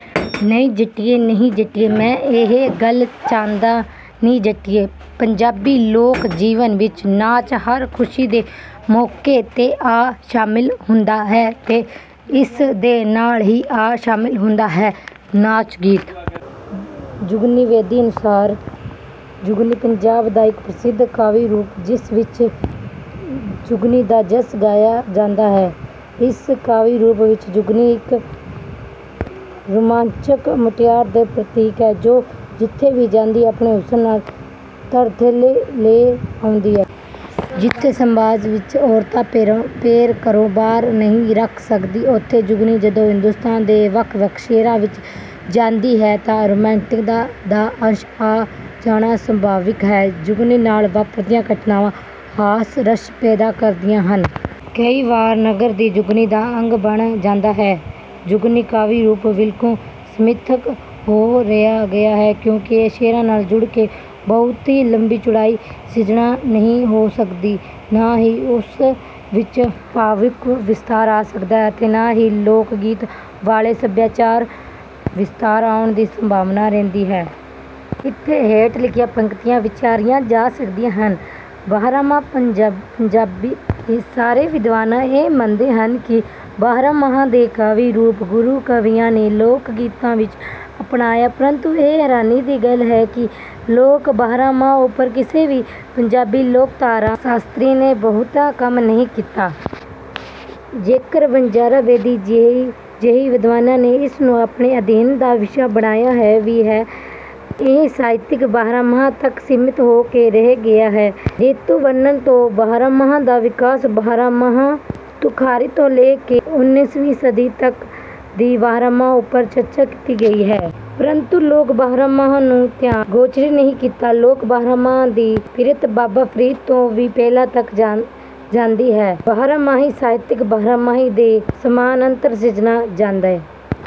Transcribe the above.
ਨੀ ਜੱਟੀਏ ਨੀ ਜੱਟੀਏ ਮੈਂ ਇਹੋ ਗੱਲ ਚਾਹੁੰਦਾ ਨੀ ਜੱਟੀਏ। ਪੰਜਾਬੀ ਲੋਕ ਜੀਵਨ ਵਿਚ ਨਾਚ ਹਰ ਖੁਸ਼ੀ ਦੇ ਮੌਕੇ ਤੇ ਆ ਸ਼ਾਮਿਲ ਹੁੰਦਾ ਹੈ ਤੇ ਇਸਦੇ ਨਾਲ਼ ਹੀ ਆ ਸ਼ਮਿਲ ਹੁੰਦਾ ਹੈ ਨਾਚ ਗੀਤ। ਜੁਗਨੀ ਬੇਦੀ ਅਨੁਸਾਰ ਜੁਗਨੀ, "ਪੰਜਾਬ ਦਾ ਇਕ ਪ੍ਰਸਿਧ ਕਾਵਿ ਰੂਪ ਜਿਸ ਵਿਚ ਜੁਗਨੀ ਦਾ ਜੱਸ ਗਾਇਆ ਜਾਂਦਾ ਹੈ: ਇਸ ਕਾਵਿ ਰੂਪ ਵਿਚ ਜੁਗਨੀ ਇਕ ਰੋਮਾਂਚਕ ਮੁਟਿਆਰ ਦੀ ਪ੍ਰਤੀਕ ਹੈ ਜੋ ਜਿਥੇ ਵੀ ਜਾਂਦੀ ਹੈ ਆਪਣੇ ਹੁਸਨ ਨਾਲ ਤਰਥੱਲੀ ਲੈ ਆਉਂਦੀ ਹੈ। " ਜਿਸ ਸਮਾਜ ਵਿਚ ਔਰਤ ਪੈਰ ਘਰੋਂ ਬਾਹਰ ਨਾ ਰੱਖ ਸਕੇ ਉੱਥੇ ਜੁਗਨੀ ਜਦੋਂ ਹਿੰਦੁਸਤਾਨ ਦੇ ਵੱਖ ਵੱਖ ਸ਼ਹਿਰਾਂ ਵਿਚ ਜਾਂਦੀ ਹੈ ਤਾਂ ਰੁਮਾਂਟਿਕਤਾ ਦਾ ਅੰਸ਼ ਆ ਜਾਣਾ ਸੁਭਾਵਿਕ ਹੈ। ਜੁਗਨੀ ਨਾਲ ਵਾਪਰਦੀਆਂ ਘਟਨਾਵਾਂ ਹਾਸ ਰਸ ਪੈਦਾ ਕਰਦੀਆਂ ਹਨ। ਕਈ ਵਾਰ ਨਗਰ ਦੀ ਜੁਗਨੀ ਦਾ ਅੰਗ ਬਣ ਜਾਂਦੀ ਹੈ। ਜੁਗਨੀ ਕਾਵਿ ਰੂਪ ਬਿਲਕੁਲ ਸੀਮਿਤ ਹੋ ਕੇ ਰਹਿ ਗਿਆ ਹੈ ਕਿਉਂ ਕਿ ਸ਼ਹਿਰਾਂ ਨਾਲ ਜੁੜ ਕੇ ਬਹੁਤੀ ਲੰਬੀ ਚੌੜੀ ਸਿਰਜਣਾ ਨਹੀਂ ਹੋ ਸਕਦੀ,ੇ ਨਾਂ ਹੀ ਉਸ ਵਿਚ ਭਾਵੁਕ ਵਿਸਤਾਰ ਆ ਸਕਦਾ ਹੈ ਅਤੇ ਨਾ ਹੀ ਲੋਕਗੀਤਾਂ ਵਾਲਾ ਸਭਿਆਚਾਰਕ ਵਿਸਤਾਰ ਆਉਣ ਦੀ ਸੰਭਾਵਨਾ ਰਹਿੰਦੀ ਹੈ। ਇਥੇ ਹੇਠ ਲਿਖੀਆਂ ਪੰਕਤੀਆਂ ਵਿਚਾਰੀਆਂ ਜਾ ਸਕਦੀਆਂ ਹਨ; ਬਾਰਾਂਮਾਹਾਂ ਪੰਜਾਬੀ ਦੇ ਸਾਰੇ ਵਿਦਵਾਨ ਇਹ ਮੰਨਦੇ ਹਨ ਕਿ ਬਾਰਾਂਮਾਹਾਂ ਦਾ ਕਾਵਿ ਰੂਪ ਗੁਰੂ ਕਵੀਆਂ ਨੇ ਲੋਕਗੀਤਾਂ ਵਿਚੋਂ ਅਪਣਾਇਆ ਪਰੰਤੂ ਇਹ ਹੈਰਾਨੀ ਦੀ ਗੱਲ ਹੈ ਕਿ ਲੋਕ ਬਾਰਾਂਮਾਹਾਂ ਉਪਰ ਕਿਸੇ ਵੀ ਪੰਜਾਬੀ ਲੋਕਧਾਰਾ ਸ਼ਾਸਤਰੀ ਨੇ ਬਹੁਤਾ ਕੰਮ ਨਹੀਂ ਕੀਤਾ। ਜੇਕਰ ਵਣਜਾਰਾ ਬੇਦੀ ਜਿਹੇ ਵਿਦਵਾਨਾਂ ਨੇ ਇਸ ਨੂੰ ਆਪਣੇ ਅਧਿਐਨ ਦਾ ਵਿਸ਼ਾ ਬਣਾਇਆ ਵੀ ਹੈ ਤਾਂ ਉਹ ਸਾਹਿਤਿਕ ਬਾਰਾਂਮਾਹਿਆਂ ਤੱਕ ਸੀਮਿਤ ਹੋ ਕੇ ਰਹਿ ਗਿਆ ਹੈ। ਰਿਤੂ ਵਰਣਨ ਤੋਂ ਬਾਰਾਂਮਾਹਾਂ ਦਾ ਵਿਕਾਸ, ਬਾਰਾਂਮਾਹਾਂ ਤੁਖਾਰੀ ਤੋਂ ਲੈ ਕੇ ਉਨੀਵੀਂ ਸਦੀ ਤੱਕ ਦੇ ਬਾਰਾਂਮਾਹਿਆਂ ਉੱਪਰ ਚਰਚਾ ਕੀਤੀ ਗਈ ਹੈ। ਪਰੰਤੂ ਲੋਕ ਬਾਰਾਂਮਾਹਾਂ ਨੂੰ ਧਿਆਨ ਗੋਚਰੇ ਨਹੀਂ ਕੀਤਾ ਗਿਆ। ਲੋਕ ਬਾਰਾਂਮਾਹਾਂ ਦੀ ਪਿਰਤ ਬਾਬਾ ਫ਼ਰੀਦ ਤੋਂ ਵੀ ਪਹਿਲਾਂ ਤੱਕ ਜਾਂਦੀ ਹੈ। ਲੋਕ ਬਾਰਾਂਮਾਹੇਂ ਸਾਹਤਿਕ ਬਾਰਾਂਮਾਹਿਆਂ ਦੇ ਸਮਾਨੰਤਰ ਸਿਰਜੇ ਜਾਂਦੇ